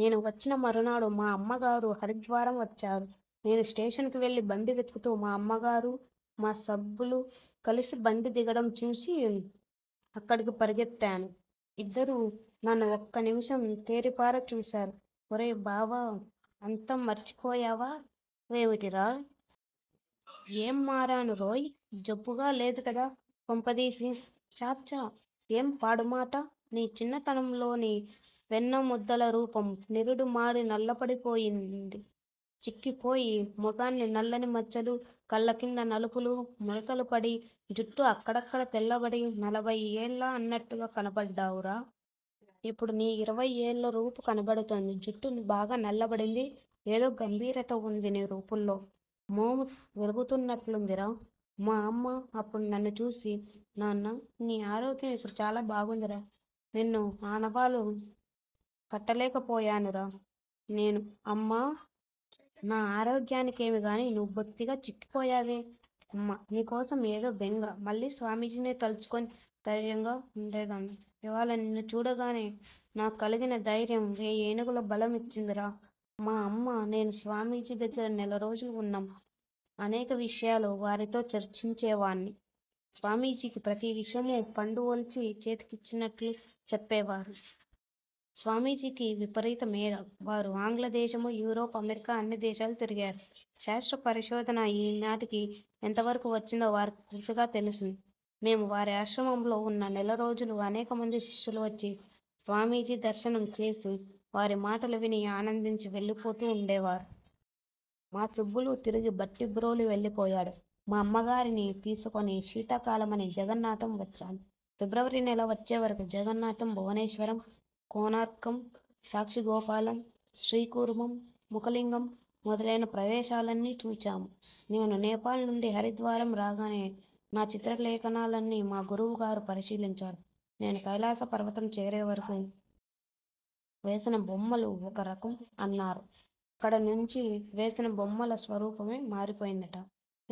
నేను వచ్చిన మరునాడు మా అమ్మగారు హరిద్వారం వచ్చారు. నేను స్టేషనుకు వెళ్ళి, బండి వెతుకుతూ, మా అమ్మగారూ, మా సుబ్బులూ కలసి బండి దిగడం చూచి అక్కడకు పరుగెత్తాను. ఇద్దరూ నన్ను ఒక్క నిమిషం తేరిపార చూచారు! '' ఒరే బావా! అంత మారిపోయా వేమిటిరా? '''' ఏం మరానురోయి! జబ్బుగా లేదుకదా, కొంపదీసి! '''' ఛా! ఛా! ఏం పాడుమాట. నీ చిన్నతనంలోని వెన్న ముద్దలరూపం నిరుడు మాడి నల్ల పడిపోయినది. చిక్కిపోయి, మొగాన్ని నల్లని మచ్చలు, కళ్ళ కింద నలుపులు, ముడతలుపడి, జుట్టు అక్కడక్కడ తెల్లబడి, నలభై ఏళ్ళా అన్నట్టుగా కనబడ్డావురా! ఇప్పుడు నీ ఇరవై ఏళ్ళరూపూ కనబడుతోంది. జుట్టు బాగా నల్లబడింది. ఏదో గంభీరత ఉంది నీ రూపుల్లో మోము వెలుగుతున్నట్లుందిరా! '' మా అమ్మ, అప్పుడు నన్ను చూచి, ''నాన్న! నీ ఆరోగ్యం ఇప్పుడు చాలా బాగుందిరా! నిన్ను ఆనవాలు కట్టలేకపోయానురా! '' నేను: అమ్మా! నా ఆరోగ్యానికేమీగాని, నువ్వు బొత్తిగా చిక్కిపోయావే! అమ్మ: నీకోసం ఏదో బెంగ. మళ్ళీ స్వామీజీని తలుచుకొని ధైర్యంగా ఉండేదాన్ని. ఈవాళ నిన్ను చూడగానే నాకు కలిగిన ధైర్యం వేయి ఏనుగుల బలం ఇచ్చిందిరా! మా అమ్మా, నేనూ స్వామీజీ దగ్గర నెలరోజులు వున్నాం. అనేక విషయాలు వారితో చర్చించేవాణ్ణి. స్వామీజీ ప్రతి విషయమూ పండు ఒలిచి చేతికిచ్చినట్లు చెప్పేవారు. స్వామీజీకి విపరీత మేధ. వారు ఆంగ్లదేశము, యూరోపు, అమెరికా అన్ని దేశాలు తిరిగారు. శాస్త్రపరిశోధన ఈనాటికి ఎంతవరకు వచ్చిందో వారికి పూర్తిగా తెలుసును. మేము వారి ఆశ్రమంలో ఉన్న నెలరోజులూ అనేకమంది శిష్యులువచ్చి స్వామీజీ దర్శనం చేసి వారి మాటలు విని ఆనందించి వెళ్ళిపోతూ వుండేవారు. మా సుబ్బులు తిరిగి భట్టిప్రోలు వెళ్ళిపోయాడు. మా అమ్మగారిని తీసుకొని శీతాకాలమని జగన్నాథం వచ్చాను. ఫిబ్రవరి నెల వచ్చేవరకు జగన్నాథం, భువనేశ్వరం, కోణార్కం, సాక్షిగోపాలం, శ్రీకూర్మం, ముఖలింగం మొదలైన ప్రదేశాలన్నీ చుచాము. నేను నేపాలునుండి హరిద్వారం రాగానే నా చిత్రలేఖనాలన్నీ మా గురువుగారు పరిశీలించారు. నేను కైలాస పర్వతం చేరేవరకూ వేసిన బొమ్మలు ఒక రకం అన్నారు. అక్కడనుంచి వేసిన బొమ్మల స్వరూపమే మారిపోయిందట.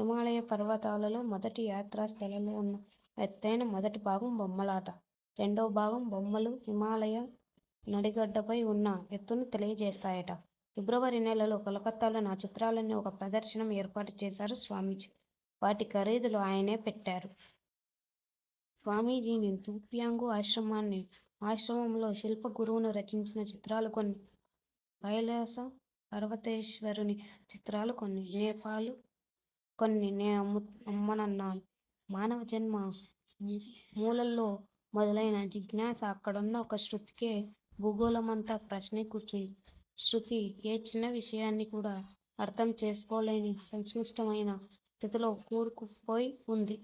హిమాలయ పర్వతాలలో మొదటి యాత్రాస్థలాల్లో ఉన్న ఎత్తేనా మొదటిభాగం బొమ్మలట. రెండవభాగం బొమ్మలు, హిమాలయం నడిగడ్డపై ఉన్న ఎత్తును తెలియజేస్తాయట. ఫిబ్రవరి నెలలో కలకత్తాలో నా చిత్రాలన్నీ ఒక ప్రదర్శనం ఏర్పాటు చేశారు స్వామీజీ. వాటి ఖరీదులు ఆయనే పెట్టారు. స్వామీజీని, ద్యూపాంగు ఆశ్రమాన్ని, ఆశ్రమంలో శిల్ప గురువును రచించిన చిత్రాలు కొన్ని, కైలాస పర్వతేశ్వరుని చిత్రాలు కొన్ని, నేపాలు కొన్ని నేను అమ్మనన్నాను. మానవజన్మ మూలల్లో మొదలైన జిజ్ఞాస అక్కడున్న ఒక్క శృతికే భూగోళమంతా ప్రశ్నై కూర్చుంది. శృతి ఏ చిన్న విషయాన్ని కూడా అర్థం చేసుకోలేని సంక్లిష్టమైన స్థితిలో కూరుకుపోయి వుంది.